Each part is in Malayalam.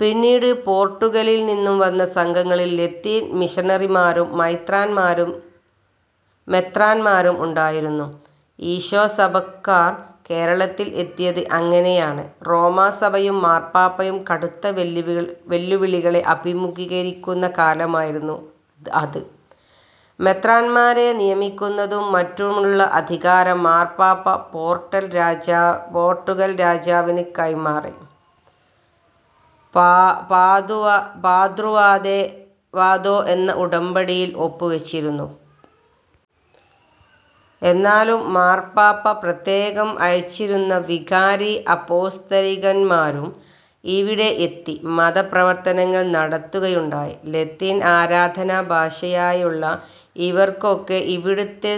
പിന്നീട് പോർട്ടുഗലിൽ നിന്നു വന്ന സംഘങ്ങളിൽ ലത്തീൻ മിഷണറിമാരുംമൈത്രന്മാരും മെത്രാന്മാരും ഉണ്ടായിരുന്നു. ഈശോ സഭക്കാർ കേരളത്തിൽ എത്തിയത് അങ്ങനെയാണ്. റോമാ സഭയും മാർപാപ്പയും കടുത്ത വെല്ലുവിളികളെ അഭിമുഖീകരിക്കുന്ന കാലമായിരുന്നു അത്. മെത്രാന്മാരെ നിയമിക്കുന്നതും മറ്റുമുള്ള അധികാരം മാർപാപ്പ പോർട്ടുഗൽ രാജാവിന് കൈമാറി പാദ്രുവാദോ എന്ന ഉടമ്പടിയിൽ ഒപ്പു വച്ചിരുന്നു. എന്നാലും മാർപാപ്പ പ്രത്യേകം അയച്ചിരുന്ന വികാരി അപ്പോസ്തലികന്മാരും ഇവിടെ എത്തി മത പ്രവർത്തനങ്ങൾ നടത്തുകയുണ്ടായി. ലത്തീൻ ആരാധനാ ഭാഷയായുള്ള ഇവർക്കൊക്കെ ഇവിടത്തെ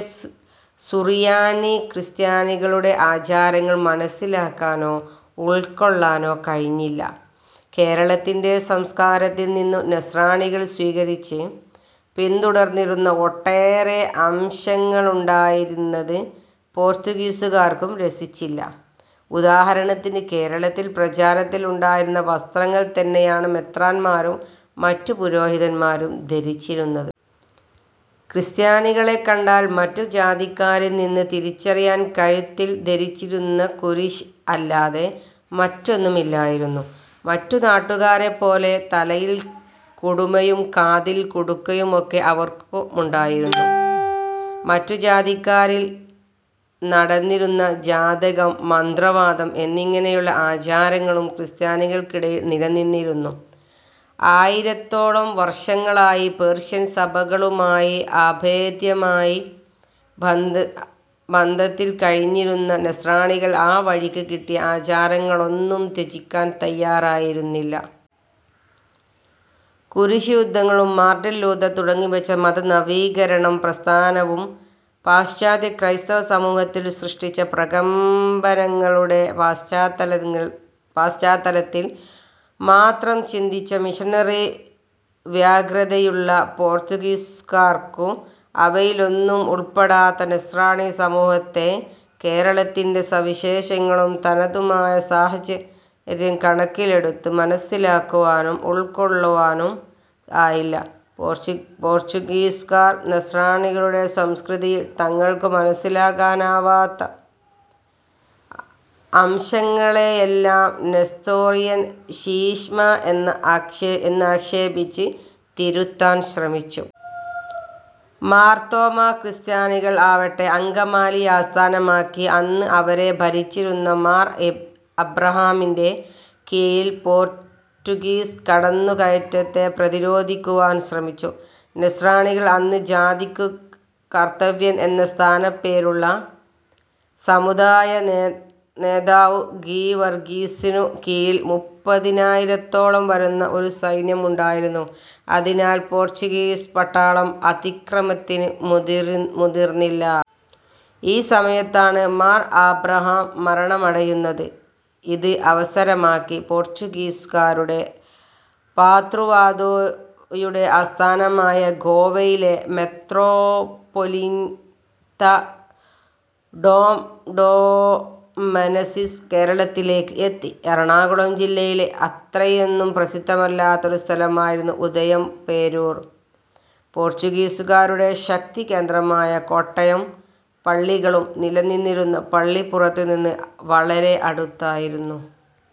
സുറിയാനി ക്രിസ്ത്യാനികളുടെ ആചാരങ്ങൾ മനസ്സിലാക്കാനോ ഉൾകൊള്ളാനോ കഴിഞ്ഞില്ല. കേരളത്തിന്റെ സംസ്കാരത്തിൽ നിന്നു നസ്രാണികൾ സ്വീകരിച്ച് പിന്തുടർന്നിരുന്ന ഒട്ടേറെ അംശങ്ങളുണ്ടായിരുന്നത് പോർത്തുഗീസുകാർക്കു രസിച്ചില്ല. ഉദാഹരണത്തിന് കേരളത്തിൽ പ്രചാരത്തിൽ ഉണ്ടായിരുന്ന വസ്ത്രങ്ങൾ തന്നെയാണ് മെത്രാന്മാരും മറ്റു പുരോഹിതന്മാരും ധരിച്ചിരുന്നത്. ക്രിസ്ത്യാനികളെ കണ്ടാൽ മറ്റു ജാതിക്കാരിൽ നിന്ന് തിരിച്ചറിയാൻ, കഴുത്തിൽ ധരിച്ചിരുന്ന കുരിശ് അല്ലാതെ മറ്റൊന്നുമില്ലായിരുന്നു. മറ്റു നാട്ടുകാരെപ്പോലെ പോലെ തലയിൽ കുടുമയും കാതിൽ കടുക്കനും ഒക്കെ അവർക്കുമുണ്ടായിരുന്നു. മറ്റു ജാതിക്കാരിൽ നടന്നിരുന്ന ജാതകം, മന്ത്രവാദം എന്നിങ്ങനെയുള്ള ആചാരങ്ങളും ക്രിസ്ത്യാനികൾക്കിടയിൽ നിലനിന്നിരുന്നു. ആയിരത്തോളം വർഷങ്ങളായി പേർഷ്യൻ സഭകളുമായി അഭേദ്യമായി ബന്ധത്തിൽ കഴിഞ്ഞിരുന്ന നസ്രാണികൾ ആ വഴിക്കു കിട്ടിയ ആചാരങ്ങളെയും ത്യജിക്കാൻ തയ്യാറായിരുന്നില്ല. കുരിശുയുദ്ധങ്ങളും മാർട്ടിൻ ലൂഥർ തുടങ്ങിവച്ച മത നവീകരണം പ്രസ്ഥാനവും പാശ്ചാത്യ ക്രൈസ്തവ സമൂഹത്തിൽ സൃഷ്ടിച്ച പ്രകമ്പനങ്ങളുടെ പശ്ചാത്തലത്തിൽ മാത്രം ചിന്തിച്ച മിഷണറി വ്യഗ്രതയുള്ള പോർത്തുഗീസുകാർക്കു അവയിലൊന്നും ഉൾപ്പെടാത്ത നസ്രാണി സമൂഹത്തെ കേരളത്തിന്റെ സവിശേഷവും തനതുമായ സാഹചര്യം കണക്കിലെടുത്ത് മനസ്സിലാക്കുവാനും ഉൾക്കൊള്ളുവാനും ആയില്ല. പോർട്ടുഗീസുകാർ നസ്രാണികളുടെ സംസ്കൃതിയിൽ തങ്ങൾക്കു മനസ്സിലാക്കാനാവാത്ത അംശങ്ങളെയെല്ലാം നെസ്തോറിയൻ ശീശ്മ എന്ന് ആക്ഷേപിച്ച് തിരുത്താൻ ശ്രമിച്ചു. മാർത്തോമ്മാ ക്രിസ്ത്യാനികൾ ആവട്ടെ അങ്കമാലി ആസ്ഥാനമാക്കി അന്ന് അവരെ ഭരിച്ചിരുന്ന മാർ അബ്രാഹാമിന്റെ കീഴിൽ പോർട്ടുഗീസ് കടന്നുകയറ്റത്തെ പ്രതിരോധിക്കുവാൻ ശ്രമിച്ചു. നസ്രാണികൾക്ക് അന്ന് ജാതിക്കു കർത്തവ്യൻ എന്ന സ്ഥാനപ്പേരുള്ള സമുദായ നേതാവു ഗീവർഗീസിനു കീഴിൽ മുപ്പതിനായിരത്തോളം വരുന്ന ഒരു സൈന്യം ഉണ്ടായിരുന്നു. ഇതിനാൽ പോർട്ടുഗീസ് പട്ടാളം അതിക്രമത്തിന് മുതിർന്നില്ല. ഈ സമയത്താണ് മാർ ആബ്രഹാം മരണമടയുന്നത്. ഇത് അവസരമാക്കി പോർട്ടുഗീസുകാരുടെ പാദ്രുവാദോയുടെ ആസ്ഥാനമായ ഗോവയിലെ മെത്രാപോലീത്ത ഡോം ഡോ. മെനസിസ് കേരളത്തിലേയ്ക്ക് എത്തി്. എറണാകുളം ജില്ലയിലെ അത്രയൊന്നും പ്രസിദ്ധമല്ലാത്ത ഒരു സ്ഥലമായിരുന്ന ഉദയംപേരൂർ പോർട്ടുഗീസുകാരുടേ ശക്തി കേന്ദ്രമായ കോട്ടയും പള്ളികളും നിലനിന്നിരുന്ന പള്ളിപ്പുറത്തു നിന്ന് വളരെ അടുത്തായിരുന്നു.